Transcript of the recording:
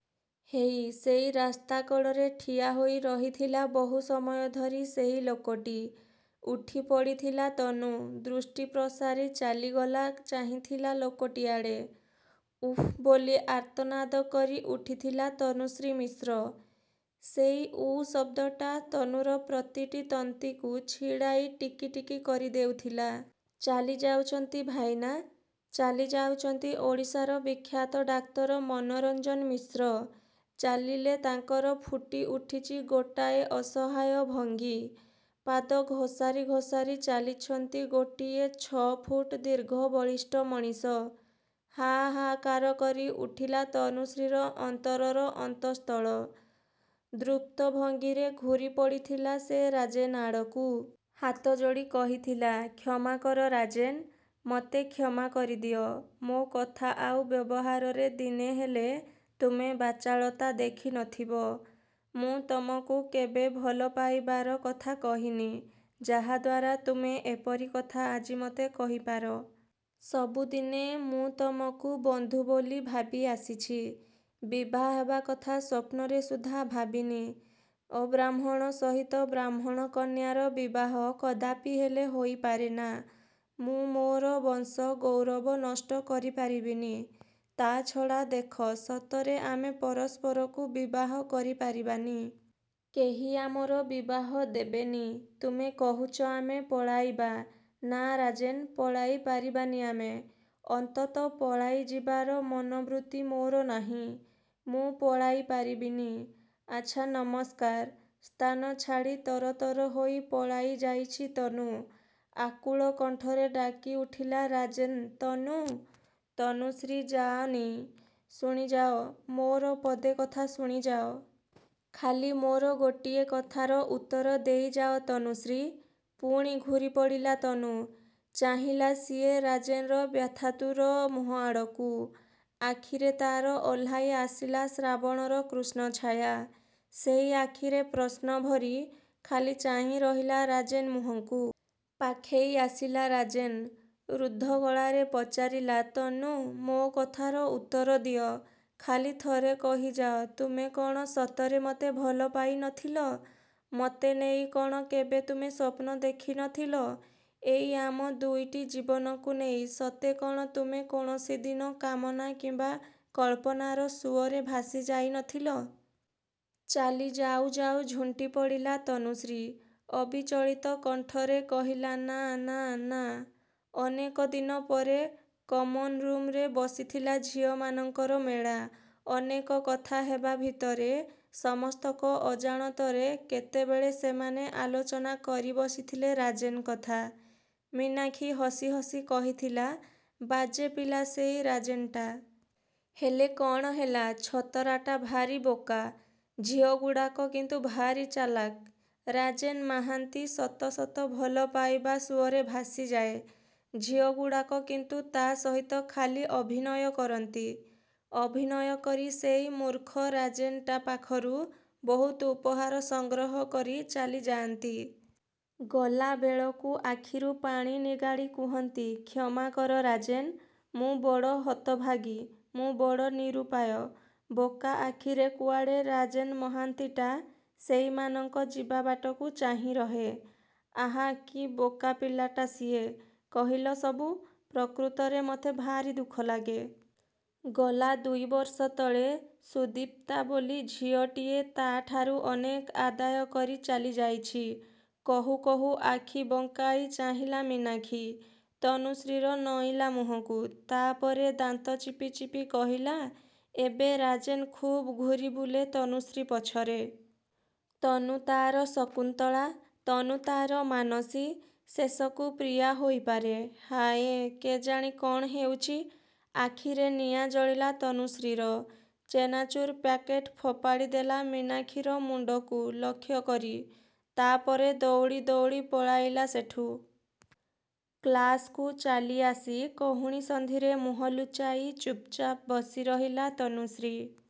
ହେଇ ସେଇ ରାସ୍ତା କଡ଼ରେ ଠିଆ ହୋଇ ରହିଥିଲା ବହୁ ସମୟ ଧରି ସେହି ଲୋକଟି। ଉଠି ପଡ଼ିଥିଲା ତନୁ, ଦୃଷ୍ଟି ପ୍ରସାରି ଚାଲିଗଲା ଚାହିଁଥିଲା ଲୋକଟି ଆଡ଼େ। ଉଃ ବୋଲି ଆର୍ତ୍ତନାଦ କରି ଉଠିଥିଲା ତନୁଶ୍ରୀ ମିଶ୍ର। ସେଇ ଉଃ ଶବ୍ଦଟା ତନୁର ପ୍ରତିଟି ତନ୍ତୀକୁ ଛିଡାଇ ଟିକି ଟିକି କରିଦେଉଥିଲା। ଚାଲିଯାଉଛନ୍ତି ଭାଇନା। ଚାଲିଯାଉଛନ୍ତି ଓଡ଼ିଶାର ବିଖ୍ୟାତ ଡାକ୍ତର ମନୋରଞ୍ଜନ ମିଶ୍ର। ଚାଲିଲେ ତାଙ୍କର ଫୁଟି ଉଠିଛି ଗୋଟାଏ ଅସହାୟ ଭଙ୍ଗୀ। ପାଦ ଘୋସାରି ଘୋସାରି ଚାଲିଛନ୍ତି ଗୋଟିଏ ଛଅ ଫୁଟ ଦୀର୍ଘ ବଳିଷ୍ଠ ମଣିଷ। ହାହାକାର କରି ଉଠିଲା ତନୁଶ୍ରୀର ଅନ୍ତରର ଅନ୍ତଃସ୍ଥଳ। ଦୃପ୍ତ ଭଙ୍ଗୀରେ ଘୂରି ପଡ଼ିଥିଲା ସେ ରାଜେନ୍ ଆଡ଼କୁ। ହାତ ଯୋଡ଼ି କହିଥିଲା, କ୍ଷମା କର ରାଜେନ୍, ମତେ କ୍ଷମା କରିଦିଅ। ମୋ କଥା ଆଉ ବ୍ୟବହାରରେ ଦିନେ ହେଲେ ତୁମେ ବାଚାଳତା ଦେଖି ନଥିବ। ମୁଁ ତମକୁ କେବେ ଭଲ ପାଇବାର କଥା କହିନି ଯାହା ଦ୍ୱାରା ତୁମେ ଏପରି କଥା ଆଜି ମତେ କହି ପାର। ସବୁଦିନେ ମୁଁ ତମକୁ ବନ୍ଧୁ ବୋଲି ଭାବି ଆସିଛି। ବିଭା ହେବା କଥା ସ୍ୱପ୍ନରେ ସୁଦ୍ଧା ଭାବିନି। ଅବ୍ରାହ୍ମଣ ସହିତ ବ୍ରାହ୍ମଣ କନ୍ୟାର ବିବାହ କଦାପି ହେଲେ ହୋଇ ପାରେନା। ମୁଁ ମୋର ବଂଶ ଗୌରବ ନଷ୍ଟ କରି ପାରିବିନି। ତା' ଛଡ଼ା ଦେଖ ସତରେ ଆମେ ପରସ୍ପରକୁ ବିବାହ କରି ପାରିବାନି। କେହି ଆମର ବିବାହ ଦେବେନି। ତୁମେ କହୁଛ ଆମେ ପଳାଇବା। ନା ରାଜେନ୍ ପଳାଇ ପାରିବାନି ଆମେ । ଅନ୍ତତ ପଳାଇ ଯିବାର ମନୋବୃତ୍ତି ମୋର ନାହିଁ। ମୁଁ ପଳାଇ ପାରିବିନି। ଆଚ୍ଛା, ନମସ୍କାର। ସ୍ଥାନ ଛାଡ଼ି ତରତର ହୋଇ ପଳାଇ ଯାଇଛି ତନୁ। ଆକୁଳ କଣ୍ଠରେ ଡାକି ଉଠିଲା ରାଜେନ୍ ତନୁ, ତନୁଶ୍ରୀ ଯାଅନି ଶୁଣି ଯାଅ, ମୋର ପଦେ କଥା ଶୁଣି ଯାଅ। ଖାଲି ମୋର ଗୋଟିଏ କଥାର ଉତ୍ତର ଦେଇ ଯାଅ ତନୁଶ୍ରୀ। ପୁଣି ଘୂରି ପଡ଼ିଲା ତନୁ। ଚାହିଁଲା ସିଏ ରାଜେନ୍‌ର ବ୍ୟଥାତୁର ମୁହଁ ଆଡ଼କୁ, ଆଖିରେ ତା'ର ଓଲ୍ହାଇ ଆସିଲା ଶ୍ରାବଣର କୃଷ୍ଣଛାୟା। ସେଇ ଆଖିରେ ପ୍ରଶ୍ନ ଭରି। ଖାଲି ଚାହିଁ ରହିଲା ରାଜେନ୍ ମୁହଁକୁ। ପାଖେଇ ଆସିଲା ରାଜେନ୍। ରୁଦ୍ଧ ଗଳାରେ ପଚାରିଲା ତନୁ ମୋ କଥାର ଉତ୍ତର ଦିଅ। ଖାଲି ଥରେ କହି ଯାଅ, ତୁମେ କ'ଣ ସତରେ ମତେ ଭଲ ପାଇ ନଥିଲ? ମତେ ନେଇ କ'ଣ କେବେ ତୁମେ ସ୍ୱପ୍ନ ଦେଖି ନଥିଲ। ଏଇ ଆମ ଦୁଇଟି ଜୀବନକୁ ନେଇ ସତେ କ'ଣ ତୁମେ କୌଣସି ଦିନ କାମନା କିମ୍ବା କଳ୍ପନାର ସୁଅରେ ଭାସି ଯାଇ ନଥିଲ? ଚାଲି ଯାଉ ଯାଉ ଝୁଣ୍ଟି ପଡ଼ିଲା ତନୁଶ୍ରୀ। ଅବିଚଳିତ କଣ୍ଠରେ କହିଲା ନାଁ, ନାଁ, ନାଁ। ଅନେକ ଦିନ ପରେ କମନ୍‌ରୁମ୍‌ରେ ବସିଥିଲା ଝିଅମାନଙ୍କର ମେଳା। ଅନେକ କଥା ହେବା ଭିତରେ ସମସ୍ତକ ଅଜାଣତରେ କେତେବେଳେ ସେମାନେ ଆଲୋଚନା କରି ବସିଥିଲେ ରାଜେନ୍ କଥା। ମୀନାକ୍ଷୀ ହସି ହସି କହିଥିଲା ବାଜେ ପିଲା ସେଇ ରାଜେନ୍‌ଟା। ହେଲେ କ'ଣ ହେଲା, ଛତରାଟା ଭାରି ବୋକା। ଝିଅଗୁଡ଼ାକ କିନ୍ତୁ ଭାରି ଚାଲାକ୍। ରାଜେନ୍ ମାହାନ୍ତି ସତ ସତ ଭଲ ପାଇବା ସୁଅରେ ଭାସି ଯାଏ। ଝିଅଗୁଡ଼ାକ କିନ୍ତୁ ତା' ସହିତ ଖାଲି ଅଭିନୟ କରନ୍ତି। ଅଭିନୟ କରି ସେଇ ମୂର୍ଖ ରାଜେନ୍‌ଟା ପାଖରୁ ବହୁତ ଉପହାର ସଂଗ୍ରହ କରି ଚାଲି ଯାଆନ୍ତି। ଗଲା ବେଳକୁ ଆଖିରୁ ପାଣି ନିଗାଡ଼ି କୁହନ୍ତି କ୍ଷମା କର ରାଜେନ୍, ମୁଁ ବଡ଼ ହତଭାଗୀ, ମୁଁ ବଡ଼ ନିରୁପାୟ। ବୋକା ଆଖିରେ କୁଆଡ଼େ ରାଜେନ୍ ମହାନ୍ତିଟା ସେଇମାନଙ୍କ ଯିବା ବାଟକୁ ଚାହିଁ ରହେ। ଆହା କି ବୋକା ପିଲାଟା ସିଏ, କହିଲ ସବୁ। ପ୍ରକୃତରେ ମତେ ଭାରି ଦୁଃଖ ଲାଗେ। ଗଲା ଦୁଇ ବର୍ଷ ତଳେ ସୁଦୀପ୍ତା ବୋଲି ଝିଅଟିଏ ତା'ଠାରୁ ଅନେକ ଆଦାୟ କରି ଚାଲି ଯାଇଛି। କହୁ କହୁ ଆଖି ବଙ୍କାଇ ଚାହିଁଲା ମୀନାକ୍ଷୀ, ତନୁଶ୍ରୀର ନଇଁଲା ମୁହଁକୁ। ତା' ପରେ ଦାନ୍ତ ଚିପି ଚିପି କହିଲା ଏବେ ରାଜେନ୍ ଖୁବ୍ ଘୂରି ବୁଲେ ତନୁଶ୍ରୀ ପଛରେ। ତନୁ ତା'ର ଶକୁନ୍ତଳା, ତନୁ ତା'ର ମାନସୀ, ଶେଷକୁ ପ୍ରିୟା ହୋଇ ପାରେ। ହା ଏ। କେଜାଣେ କ'ଣ ହେଉଛି। ଆଖିରେ ନିଆଁ ଜଳିଲା ତନୁଶ୍ରୀର। ଚେନାଚୂର୍ ପ୍ୟାକେଟ୍ ଫୋପାଡ଼ି ଦେଲା ମୀନାକ୍ଷୀର ମୁଣ୍ଡକୁ ଲକ୍ଷ୍ୟ କରି। ତା' ପରେ ଦଉଡ଼ି ଦଉଡ଼ି ପଳାଇଲା ସେଠୁ। କ୍ଲାସ୍‌କୁ ଚାଲି ଆସି କହୁଣୀ ସନ୍ଧିରେ ମୁହଁ ଲୁଚାଇ ଚୁପ୍‌ଚାପ୍ ବସି ରହିଲା ତନୁଶ୍ରୀ।